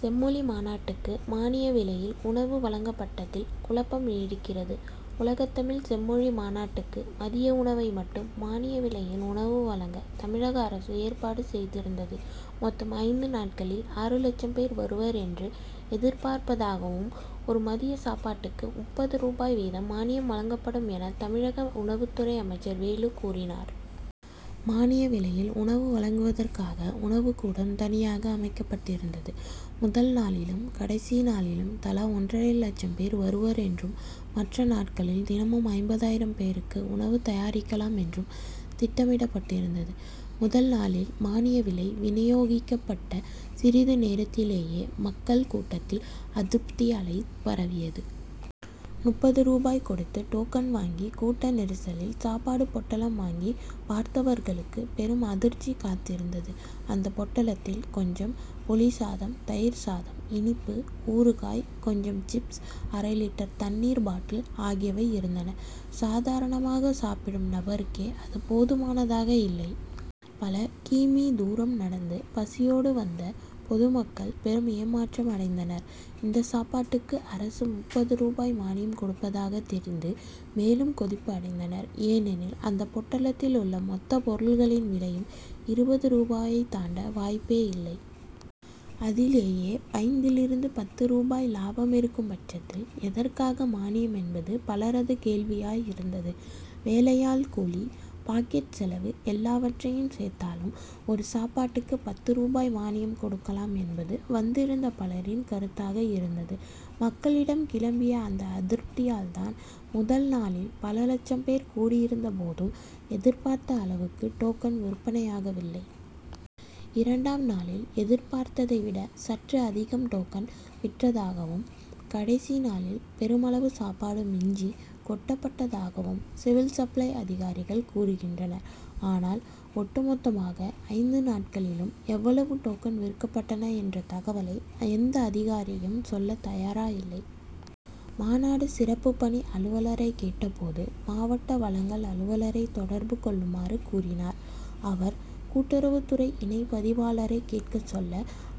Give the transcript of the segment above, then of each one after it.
செம்மொழி மாநாட்டுக்கு மானிய விலையில் உணவு வழங்கப்பட்டதில் குழப்பம் நீடிக்கிறது. உலகத்தமிழ்ச் செம்மொழி மாநாடுக்கு, மதிய உணவை மட்டும் மானிய விலையில் உணவு வழங்க, தமிழக அரசு ஏற்பாடு செய்திருந்தது. மொத்தம் ஐந்து நாட்களில் ஆறுலட்சம் பேர் வருவர் என்று எதிர்பார்ப்பதாகவும், ஒரு மதிய சாப்பாட்டுக்கு முப்பது ரூபாய் வீதம் மானியம் வழங்கப்படும் என தமிழக உணவுத்துறை அமைச்சர் வேலு கூறினார். மானிய விலையில் உணவு வழங்குவதற்காக உணவுக்கூடம்தனியாக அமைக்கப்பட்டிருந்தது. முதல் நாளிலும், கடைசி நாளிலும் தலா ஒன்றரை லட்சம் பேர் வருவர் என்றும், மற்ற நாட்களில் தினமும் ஐம்பதாயிரம் பேருக்கு உணவு தயாரிக்கலாம் என்றும் திட்டமிடப்பட்டிருந்தது. முதல் நாளில், மானிய விலை வினியோகிக்கப்பட்ட சிறிது நேரத்திலேயே மக்கள் கூட்டத்தில் அதிருப்தி அலை பரவியது. முப்பது ரூபாய் கொடுத்து டோக்கன் வாங்கி, கூட்ட நெரிசலில் சாப்பாடுப் பொட்டலம் வாங்கிப் பார்த்தவர்களுக்கு பெரும் அதிர்ச்சி காத்திருந்தது. அந்த பொட்டலத்தில், கொஞ்சம் புளிசாதம், தயிர் சாதம், இனிப்பு, ஊறுகாய், கொஞ்சம் சிப்ஸ், அரை லிட்டர் தண்ணீர் பாட்டில் ஆகியவை இருந்தன. சாதாரணமாகச் சாப்பிடும் நபருக்கே அது போதுமானதாக இல்லை. பல கி. மீ. தூரம் நடந்து, பசியோடு வந்த பொது மக்கள் பெரும் ஏமாற்றம் அடைந்தனர். இந்த சாப்பாட்டுக்கு அரசு முப்பது ரூபாய் மானியம் கொடுப்பதாகத் தெரிந்து, மேலும் கொதிப்பு அடைந்தனர். ஏனெனில், அந்த பொட்டலத்தில் உள்ள மொத்தப் பொருள்களின் விலையும் இருபது ரூபாயைத் தாண்ட வாய்ப்பேயில்லை. அதிலேயே, ஐந்திலிருந்து பத்து ரூபாய் லாபம் இருக்கும் பட்சத்தில், எதற்காக மானியம் என்பது பலரது கேள்வியாயிருந்தது. வேலையாள் கூலி, பாக்கெட் செலவு எல்லாவற்றையும் சேர்த்தாலும், ஒரு சாப்பாட்டுக்கு பத்து ரூபாய் மானியம் கொடுக்கலாம் என்பது வந்திருந்த பலரின் கருத்தாக இருந்தது. மக்களிடம் கிளம்பிய அந்த அதிருப்தியால்தான், முதல் நாளில் பல லட்சம் பேர் கூடியிருந்தபோதும், எதிர்பார்த்த அளவுக்கு டோக்கன் விற்பனையாகவில்லை. இரண்டாம் நாளில் எதிர் பார்த்ததை விட சற்று அதிகம் டோக்கன் விற்றதாகவும், கடைசி நாளில் பெருமளவு சாப்பாடு மிஞ்சி, கொட்டப்பட்டதாகவும் சிவில் சப்ளை அதிகாரிகள் கூறுகின்றன. ஆனால், ஒட்டு மொத்தமாக ஐந்து நாட்களிலும் எவ்வளவு டோக்கன் விற்கப்பட்டன என்ற தகவலை எந்த அதிகாரியும் சொல்லத் தயாராயில்லை. மாநாடு சிறப்புப் பணி அலுவலரைக் கேட்டபோது, மாவட்ட வழங்கல் அலுவலரை தொடர்பு கொள்ளுமாறு கூறினார். அவர், கூட்டுறவுத்துறை இணைப்பதிவாளரை கேட்கச் சொல்ல,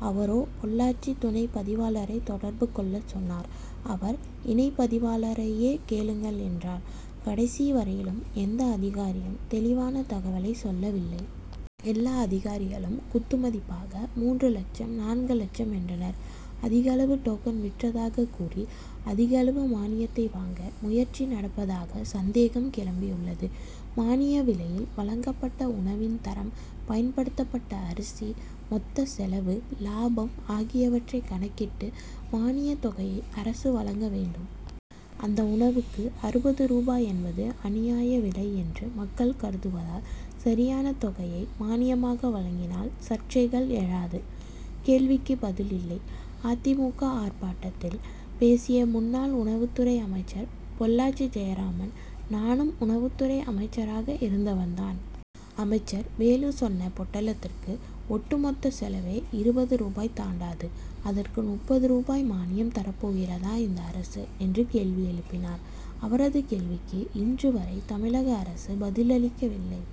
அவரோ, பொள்ளாச்சி துணைப் பதிவாளரை தொடர்பு கொள்ளச் சொன்னார். அவர், இணைப்பதிவாளரையே கேளுங்கள் என்றார். கடைசி வரையிலும் எந்த அதிகாரியும் தெளிவான தகவலைச் சொல்லவில்லை. எல்லா அதிகாரிகளும் குத்து மதிப்பாக மூன்று லட்சம், நான்கு லட்சம் என்றனர். அதிகளவு டோக்கன் விற்றதாகக் கூறி, அதிகளவு மானியத்தை வாங்க முயற்சி நடப்பதாக சந்தேகம் கிளம்பியுள்ளது. மானிய விலையில் வழங்கப்பட்ட உணவின் தரம், பயன்படுத்தப்பட்ட அரிசி, மொத்தச் செலவு, லாபம் ஆகியவற்றைக் கணக்கிட்டு, மானியத் தொகையை அரசு வழங்க வேண்டும். அந்த உணவுக்கு அறுபது ரூபாய் என்பது அநியாய விலை என்று மக்கள் கருதுவதால், சரியான தொகையை மானியமாக வழங்கினால் சர்ச்சைகள் எழாது. கேள்விக்கு பதில் இல்லை: அ. தி. மு. க., ஆர்ப்பாட்டத்தில் பேசிய முன்னாள் உணவுத்துறை அமைச்சர் பொள்ளாச்சி ஜெயராமன், "நானும் உணவுத்துறை அமைச்சராக இருந்தவன் தான். அமைச்சர் வேலு சொன்ன பொட்டலத்துக்கு ஒட்டு மொத்தச் செலவே இருபது ரூபாய் தாண்டாது; அதற்கு முப்பது ரூபாய் மானியம் தரப்போகிறதா இந்த அரசு? ' என்று கேள்வி எழுப்பினார். அவரது கேள்விக்கு இன்று வரை தமிழக அரசு பதிலளிக்கவில்லை.